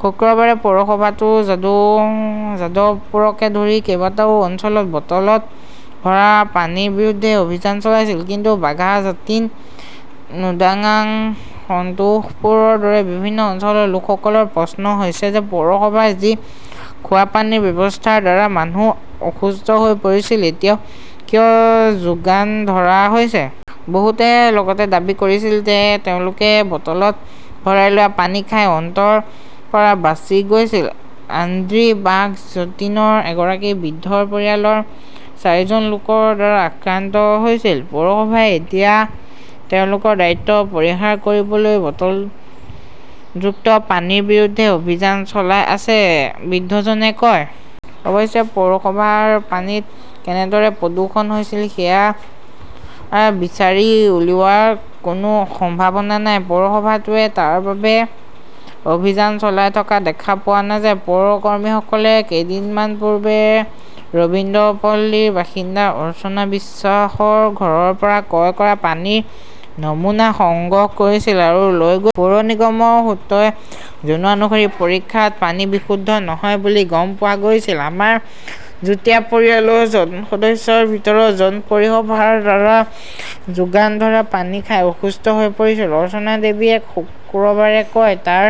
শুকুৰবাৰে পৌৰসভাটোৱে যাদৱপুৰকে ধৰি কেইবাটাও অঞ্চলত বটলত ভৰা পানীৰ বিৰুদ্ধে অভিযান চলাইছিল। কিন্তু বাঘা জাটিন, নোনাডাংগা, সন্তোষপুৰৰ দৰে বিভিন্ন অঞ্চলৰ লোকসকলৰ প্ৰশ্ন হৈছে যে, পৌৰসভাৰ যি খোৱাপানীৰ ব্যৱস্থাৰ দ্বাৰা মানুহ অসুস্থ হৈ পৰিছিল, এতিয়াও কিয় যোগান ধৰা হৈছে? বহুতে লগতে দাবী কৰিছিল যে, তেওঁলোকে বটলত ভৰাই লোৱা পানী খাই অন্ত্ৰৰ পৰা বাচি গৈছিল। আন্দ্ৰী বাঘ জতিণৰ এগৰাকী বৃদ্ধৰ পৰিয়ালৰ চাৰিজন লোকৰ দ্বাৰা আক্ৰান্ত হৈছিল। "পৌৰসভাই এতিয়া তেওঁলোকৰ দায়িত্ব পৰিহাৰ কৰিবলৈ বটলযুক্ত পানীৰ বিৰুদ্ধে অভিযান চলাই আছে", বৃদ্ধজনে কয়। অৱশ্যে, পৌৰসভাৰ পানীত কেনেদৰে প্ৰদূষণ হৈছিল, সেয়া বিচাৰি উলিওৱাৰ কোনো সম্ভাৱনা নাই। পৌৰসভাটোৱেও তাৰ বাবে অভিযান চলাই থকা দেখা পোৱা নাযায়। পৌৰ কৰ্মীসকলে কেইদিনমান পূৰ্বে ৰবীন্দ্ৰপল্লীৰ বাসিন্দা অৰ্চনা বিশ্বাসৰ ঘৰৰ পৰা ক্ৰয় কৰা পানীৰ নমুনা সংগ্ৰহ কৰিছিল আৰু লৈ গৈছিল। পৌৰ নিগমৰ সূত্ৰই জনোৱা অনুসৰি পৰীক্ষাত পানী বিশুদ্ধ নহয় বুলি গম পোৱা গৈছে। "আমাৰ যুটীয়া পৰিয়ালৰ জন সদস্যৰ ভিতৰত জন পৌৰসভাৰ দ্বাৰা যোগান ধৰা পানী খাই অসুস্থ হৈ পৰিছিল", অৰ্চনা দেৱীয়ে শুকুৰবাৰে কয়, "তাৰ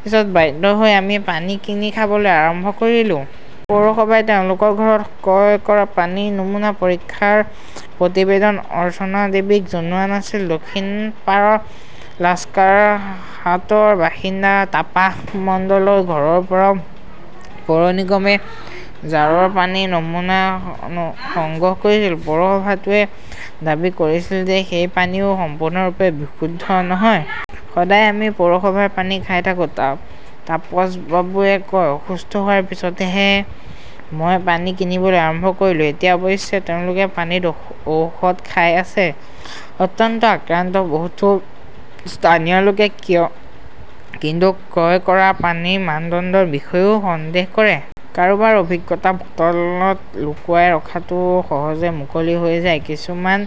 পিছত বাধ্য হৈ আমি পানী কিনি খাবলৈ আৰম্ভ কৰিলো। পৌৰসভাই তেওঁলোকৰ ঘৰত ক্ৰয় কৰা পানীৰ নমুনা পৰীক্ষাৰ প্ৰতিবেদন অৰ্চনা দেৱীক জনোৱা নাছিল। দক্ষিণপাৰা লাস্কাৰহাটৰ বাসিন্দা তাপাস মণ্ডলৰ ঘৰৰ পৰাও পৌৰ নিগমে জাৰৰ পানীৰ নমুনা সংগ্ৰহ কৰিছিল। পৌৰসভাটোৱে দাবী কৰিছিল যে, সেই পানীও সম্পূৰ্ণৰূপে "বিশুদ্ধ নহয়"। "সদায় আমি পৌৰসভাৰ পানী খাই থাকো", তাপছ বাবুৱে কয়, "অসুস্থ হোৱাৰ পিছতহে মই পানী কিনিবলৈ আৰম্ভ কৰিলোঁ"। এতিয়া অৱশ্যে তেওঁলোকে পানীত ঔষধ খাই আছে। অন্ত্ৰত আক্ৰান্ত বহুতো স্থানীয় লোকে কিন্তু ক্ৰয় কৰা পানীৰ মানদণ্ডৰ বিষয়েও সন্দেহ কৰে। কাৰোবাৰ অভিজ্ঞতা, বটলত লুকুৱাই ৰখাটো সহজে মুকলি হৈ যায়। কিছুমান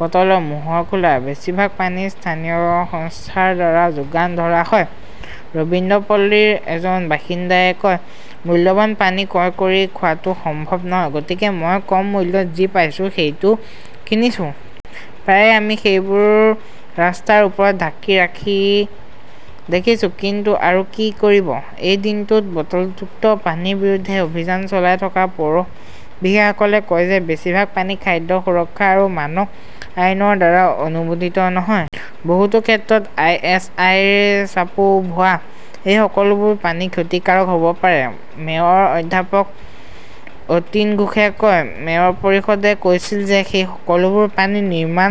বটলৰ মোহৰ খোলা। বেছিভাগ পানী স্থানীয় সংস্থাৰ দ্বাৰা যোগান ধৰা হয়। ৰবীন্দ্ৰপল্লীৰ এজন বাসিন্দাই কয়, "মূল্যৱান পানী ক্ৰয় কৰি খোৱাটো সম্ভৱ নহয়। গতিকে মই কম মূল্যত যি পাইছোঁ, সেইটো কিনিছোঁ। প্ৰায়ে আমি সেইবোৰ ৰাস্তাৰ ওপৰত ঢাকি ৰাখি দেখিছোঁ। কিন্তু আৰু কি কৰিব?"। এই দিনটোত বটলযুক্ত পানীৰ বিৰুদ্ধে অভিযান চলাই থকা পৌৰ বিষয়াসকলে কয় যে, বেছিভাগ পানী "খাদ্য সুৰক্ষা আৰু মানক আইন" ৰ দ্বাৰা অনুমোদিত নহয়। বহুতো ক্ষেত্ৰত আই. এছ. আই. ৰ ছাপো ভুৱা। "এই সকলোবোৰ পানী ক্ষতিকাৰক হব পাৰে", মেয়ৰ অধ্যাপক অতীন ঘোষে কয়। মেয়ৰ পৰিষদে কৈছিল যে, সেই সকলোবোৰ পানী নিৰ্মাণ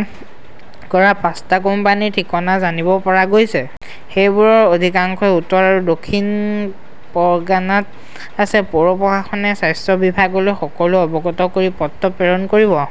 কৰা পাঁচটা কোম্পানীৰ ঠিকনা জানিব পৰা গৈছে। সেইবোৰৰ অধিকাংশই উত্তৰ আৰু দক্ষিণ পৰ্গানাত আছে। পৌৰ প্ৰশাসনে স্বাস্থ্য বিভাগলৈ সকলো অৱগত কৰি পত্ৰ প্ৰেৰণ কৰিব।